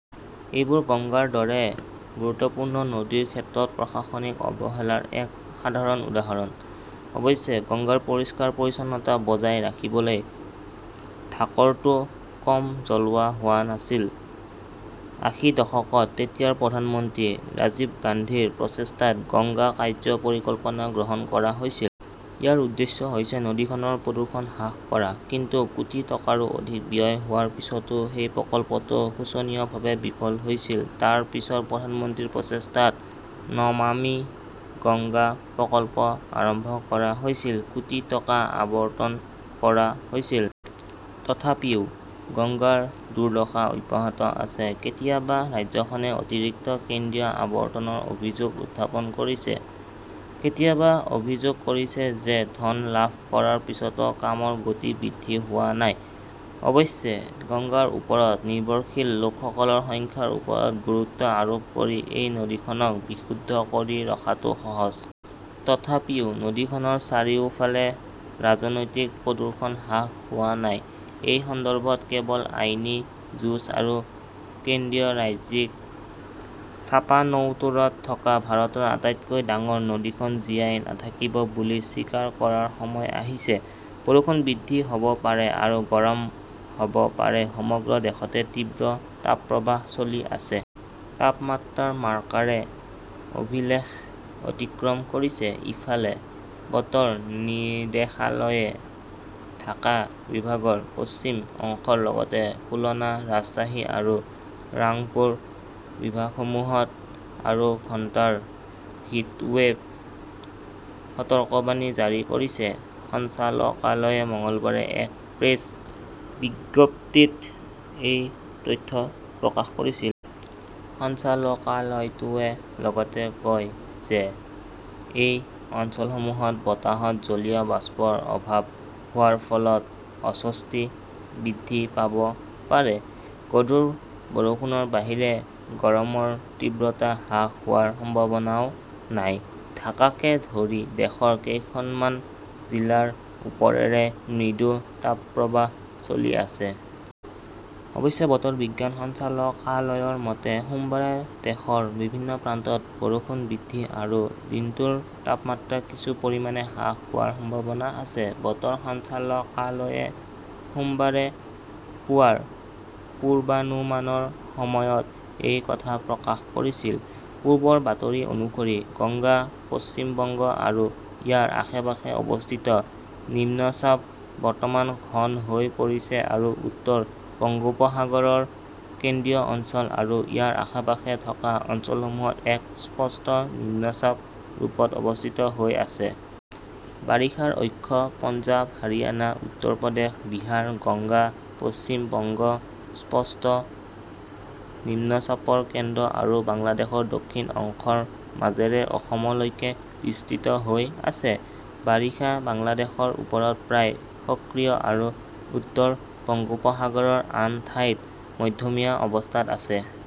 এইবোৰ গংগাৰ দৰে গুৰুত্বপূৰ্ণ নদীৰ ক্ষেত্ৰত প্ৰশাসনিক অৱহেলাৰ এক সাধাৰণ উদাহৰণ। অৱশ্যে, গংগাৰ পৰিষ্কাৰ-পৰিচ্ছন্নতা বজাই ৰাখিবলৈ ঢাকৰটো কম জ্বলোৱা হোৱা নাছিল। আশী দশকত তেতিয়াৰ প্ৰধানমন্ত্ৰী ৰাজীৱ গান্ধীৰ প্ৰচেষ্টাত গংগা কাৰ্য্য পৰিকল্পনা গ্ৰহণ কৰা হৈছিল। ইয়াৰ উদ্দেশ্য হৈছে নদীখনৰ প্ৰদূষণ হ্ৰাস কৰা। কিন্তু কোটি টকাৰো অধিক ব্যয় হোৱাৰ পিছতো সেই প্ৰকল্পটো শোচনীয়ভাৱে বিফল হৈছিল। তাৰ পিছত প্ৰধানমন্ত্ৰীৰ প্ৰচেষ্টাত 'নমামী গংগা' প্ৰকল্প আৰম্ভ কৰা হৈছিল। কোটি টকা আবণ্টন কৰা হৈছিল। তথাপিও গংগাৰ দুৰ্দশা অব্যাহত আছে। কেতিয়াবা ৰাজ্যখনে অতিৰিক্ত কেন্দ্ৰীয় আবণ্টনৰ অভিযোগ উত্থাপন কৰিছে, কেতিয়াবা অভিযোগ কৰিছে যে ধন লাভ কৰাৰ পিছতো কামৰ গতি বৃদ্ধি হোৱা নাই। অৱশ্যে, গংগাৰ ওপৰত নিৰ্ভৰশীল লোকসকলৰ সংখ্যাৰ ওপৰত গুৰুত্ব আৰোপ কৰি এই নদীখনক বিশুদ্ধ কৰি ৰখাটো সহজ। তথাপিও নদীখনৰ চাৰিওফালে ৰাজনৈতিক প্ৰদূষণ হ্ৰাস হোৱা নাই। এই মুহূৰ্তত কেৱল আইনী যুঁজ আৰু কেন্দ্ৰীয়-ৰাজ্যিক চাপানউটোৰত থকা ভাৰতৰ আটাইতকৈ ডাঙৰ নদীখন জীয়াই নাথাকিব বুলি স্বীকাৰ কৰাৰ সময় আহিছে। বৰষুণ বৃদ্ধি হ'ব পাৰে আৰু গৰম হ'ব পাৰে সমগ্ৰ দেশতে তীব্ৰ তাপপ্ৰৱাহ চলি আছে। তাপমাত্ৰাৰ মাৰ্কাৰে অভিলেখ অতিক্ৰম কৰিছে। ইফালে, বতৰ নিৰ্দেশালয়ে ঢাকা বিভাগৰ পশ্চিম অংশৰ লগতে খুলনা, ৰাজশ্বাহী আৰু ৰাংপুৰ বিভাগসমূহত আৰু ঘণ্টাৰ হিটৱেভ সতৰ্কবাণী জাৰি কৰিছে। সঞ্চালকালয়ে মঙলবাৰে এক প্ৰেছ বিজ্ঞপ্তিত এই তথ্য প্ৰকাশ কৰিছিল। সঞ্চালকালয়টোৱে লগতে কয় যে এই অঞ্চলসমূহত বতাহত জলীয় বাষ্পৰ অভাৱ হোৱাৰ ফলত অস্বস্তি বৃদ্ধি পাব পাৰে। গধুৰ বৰষুণৰ বাহিৰে গৰমৰ তীব্ৰতা হ্ৰাস হোৱাৰ সম্ভাৱনাও নাই। ঢাকাকে ধৰি দেশৰ কেইখনমান জিলাৰ ওপৰেৰে মৃদু তাপপ্ৰৱাহ চলি আছে। অৱশ্যে বতৰ বিজ্ঞান সঞ্চালকালয়ৰ মতে, সোমবাৰে দেশৰ বিভিন্ন প্ৰান্তত বৰষুণ বৃদ্ধি আৰু দিনটোৰ তাপমাত্ৰা কিছু পৰিমাণে হ্ৰাস হোৱাৰ সম্ভাৱনা আছে। বতৰ সঞ্চালকালয়ই সোমবাৰে পুৱাৰ পূৰ্বানুমানৰ সময়ত এই কথা প্ৰকাশ কৰিছিল। পূৰ্বৰ বাতৰি অনুসৰি, গংগা পশ্চিম বংগ আৰু ইয়াৰ আশে-পাশে অৱস্থিত নিম্নচাপ বৰ্তমান ঘন হৈ পৰিছে আৰু উত্তৰ বংগোপসাগৰৰ কেন্দ্ৰীয় অঞ্চল আৰু ইয়াৰ আশে-পাশে থকা অঞ্চলসমূহত এক স্পষ্ট নিম্নচাপ ৰূপত অৱস্থিত হৈ আছে। বাৰিষাৰ অক্ষ পঞ্জাৱ, হাৰিয়ানা, উত্তৰ প্ৰদেশ, বিহাৰ, গংগা পশ্চিম বংগ, স্পষ্ট নিম্নচাপৰ কেন্দ্ৰ আৰু বাংলাদেশৰ দক্ষিণ অংশৰ মাজেৰে অসমলৈকে বিস্তৃত হৈ আছে। বাৰিষা বাংলাদেশৰ ওপৰত প্ৰায় সক্ৰিয় আৰু উত্তৰ বংগোপসাগৰৰ আন ঠাইত মধ্যমীয়া অৱস্থাত আছে।